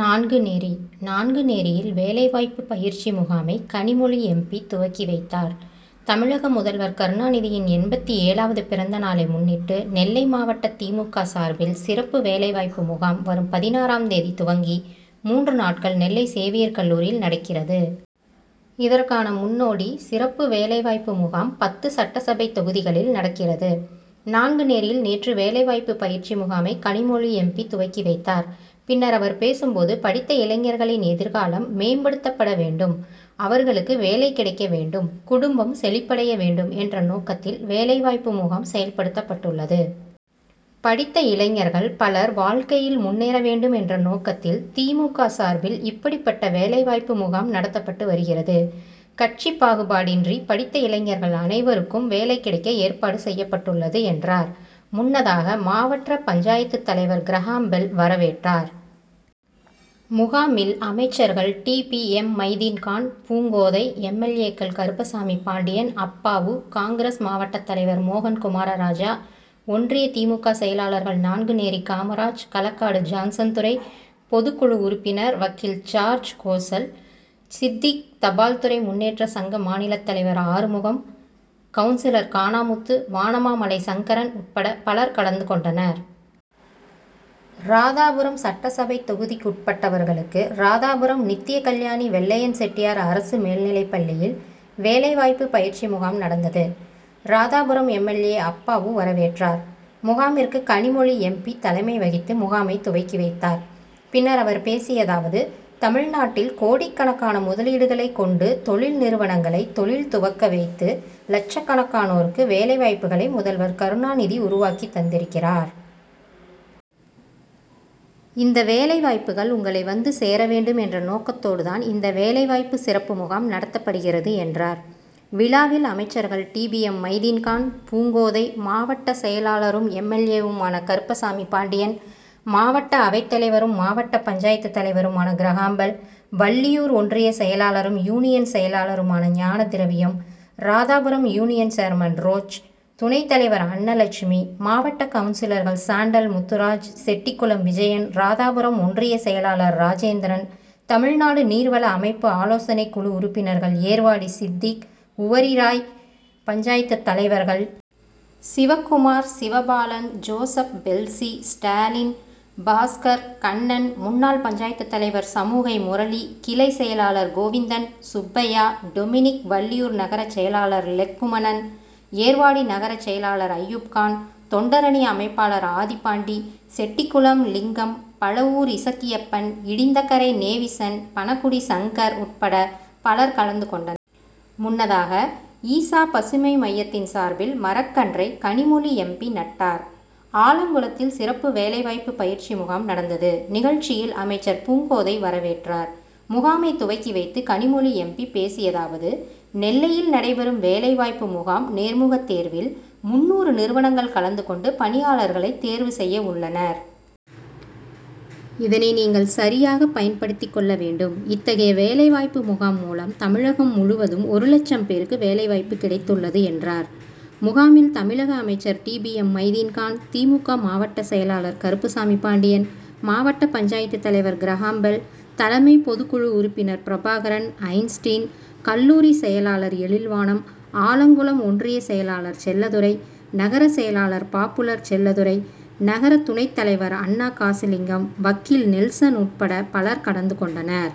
நான்குநேரி நான்குநேரியில் வேலைவாய்ப்பு பயிற்சி முகாமை கனிமொழி எம். பி., துவக்கி வைத்தார். தமிழக முதல்வர் கருணாநிதியின் எண்பத்தேழாவது பிறந்தநாளை முன்னிட்டு நெல்லை மாவட்ட திமுக சார்பில் சிறப்பு வேலைவாய்ப்பு முகாம் வரும் பதினாறாம் தேதி துவங்கி மூன்று நாட்கள் நெல்லை சேவியர் கல்லூரியில் நடக்கிறது. இதற்கான முன்னோடி சிறப்பு வேலைவாய்ப்பு முகாம் பத்து சட்டசபை தொகுதிகளில் நடக்கிறது. நான்குநேரியில் நேற்று வேலைவாய்ப்பு பயிற்சி முகாமை கனிமொழி எம். பி. துவக்கி வைத்தார். பின்னர் அவர் பேசும்போது, படித்த இளைஞர்களின் எதிர்காலம் மேம்படுத்தப்பட வேண்டும். அவர்களுக்கு வேலை கிடைக்க வேண்டும். குடும்பம் செழிப்படைய வேண்டும் என்ற நோக்கத்தில் வேலைவாய்ப்பு முகாம் செயல்படுத்தப்பட்டுள்ளது. படித்த இளைஞர்கள் பலர் வாழ்க்கையில் முன்னேற வேண்டும் என்ற நோக்கத்தில் தி. மு. க. சார்பில் இப்படிபட்ட வேலைவாய்ப்பு முகாம் நடத்தப்பட்டு வருகிறது. கட்சி பாகுபாடின்றி படித்த இளைஞர்கள் அனைவருக்கும் வேலை கிடைக்க ஏற்பாடு செய்யப்பட்டுள்ளது என்றார். முன்னதாக மாவட்ட பஞ்., தலைவர் கிரகாம்பெல் வரவேற்றார். முகாமில் அமைச்சர்கள் T. P. M. Maideenkhan, Poongothai, M. L. A. கள் கருப்பசாமிபாண்டியன், அப்பாவு, காங்., மாவட்ட தலைவர் மோகன்குமாரராஜா, ஒன்றிய திமுக செயலாளர்கள் நான்குநேரி காமராஜ், களக்காடு ஜான்சன்துரை, பொதுக்குழு உறுப்பினர் வக்கீல் சார்ஜ்கோசல், சித்திக், தபால்துறை முன்னேற்ற சங்க மாநில தலைவர் ஆறுமுகம், கவுன்சிலர் கானாமுத்து, வானமாமலை சங்கரன் உட்பட பலர் கலந்து கொண்டர். ராதாபுரம் சட்டசபை தொகுதிக்குட்பட்டவர்களுக்கு ராதாபுரம் நித்யகல்யாணி வெள்ளையன் செட்டியார் அரசு மேல்நிலைப் பள்ளியில் வேலைவாய்ப்பு பயிற்சி முகாம் நடந்தது. Radhapuram M. L. A., Appavu வரவேற்றார். முகாமிற்கு கனிமொழி எம். பி., தலைமை வகித்து முகாமை துவக்கி வைத்தார். பின்னர் அவர் பேசியதாவது தமிழ்நாட்டில் கோடிக்கணக்கான முதலீடுகளை கொண்டு தொழில் நிறுவனங்களை தொழில் துவங்க வைத்து லட்சக்கணக்கனோருக்கு வேலைவாய்ப்புகளை முதல்வர் கருணாநிதி உருவாக்கி தந்திருக்கிறார். இந்த வேலை வாய்ப்புகள் உங்களை வந்து சேர வேண்டும் என்ற நோக்கத்தோடு தான் இந்த வேலைவாய்ப்பு சிறப்பு முகாம் நடத்தப்படுகிறது என்றார். விழாவில் அமைச்சர்கள் டிபிஎம் மைதீன்கான், பூங்கோதை, மாவட்ட செயலாளரும் எம். எல். ஏ.,வுமான கருப்பசாமிபாண்டியன், மாவட்ட அவைத்தலைவரும் மாவட்ட பஞ்.,தலைவருமான கிரகாம்பெல், வள்ளியூர் ஒன்றிய செயலாளரும் யூனியன் செயலாளருமான Gnanathiraviyam, Radhapuram union chairman roach, துணைத் தலைவர் அன்னலட்சுமி, மாவட்ட கவுன்சிலர்கள் சாண்டல் முத்துராஜ், செட்டிகுளம் விஜயன், ராதாபுரம் ஒன்றிய செயலாளர் ராஜேந்திரன், தமிழ்நாடு நீர்வள அமைப்பு ஆலோசனைக்குழு உறுப்பினர்கள் ஏர்வாடி சித்திக், உவரி ராய், பஞ்.,தலைவர்கள் சிவகுமார், சிவபாலன், ஜோசப்பெல்ஸி, ஸ்டாலின், பாஸ்கர், கண்ணன், முன்னாள் பஞ்.,தலைவர் சமூகை முரளி, கிளை செயலாளர் கோவிந்தன், சுப்பையா, டொமினிக், வள்ளியூர் நகர செயலாளர் லெக்குமணன், ஏர்வாடி நகர செயலாளர் அயூப்கான், தொண்டரணி அமைப்பாளர் ஆதிபாண்டி, செட்டிகுளம் லிங்கம், பழவூர் இசக்கியப்பன், இடிந்தகரை நேவிசன், பணகுடி சங்கர் உட்பட பலர் கலந்து கொண்டனர். முன்னதாக ஈசா பசுமை மையத்தின் சார்பில் மரக்கன்றை கனிமொழி எம். பி., நட்டார். ஆலங்குளத்தில் சிறப்பு வேலைவாய்ப்பு பயிற்சி முகாம் நடந்தது. நிகழ்ச்சியில் அமைச்சர் பூங்கோதை வரவேற்றார். முகாமை துவக்கி வைத்து கனிமொழி எம். பி. பேசியதாவது நெல்லையில் நடைபெறும் வேலை வாய்ப்பு முகாம் நேர்முக தேர்வில் முந்நூறு நிறுவனங்கள் கலந்து கொண்டு பணியாளர்களை தேர்வு செய்யவுள்ளனர். இதனை நீங்கள் சரியாக பயன்படுத்திக் கொள்ள வேண்டும். இத்தகைய வேலைவாய்பு முகாம் மூலம் தமிழகம் முழுவதும் ஒரு லட்சம் பேருக்கு வேலைவாய்ப்பு கிடைத்துள்ளது என்றார். முகாமில் தமிழக அமைச்சர் T. P. M. Maideenkhan, DMK மாவட்ட செயலாளர் கருப்பசாமிபாண்டியன், மாவட்ட பஞ்., தலைவர் கிரகாம்பெல், தலைமை பொதுக்குழு உறுப்பினர் பிரபாகரன், ஐன்ஸ்டின் கல்லூரி செயலாளர் எழில்வானம், ஆலங்குளம் ஒன்றிய செயலாளர் செல்லத்துரை, நகர செயலாளர் பாப்புலர் செல்லத்துரை, நகர துணைத் தலைவர் அண்ணா காசிலிங்கம், வக்கீல் நெல்சன் உட்பட பலர் கலந்து கொண்டனர்.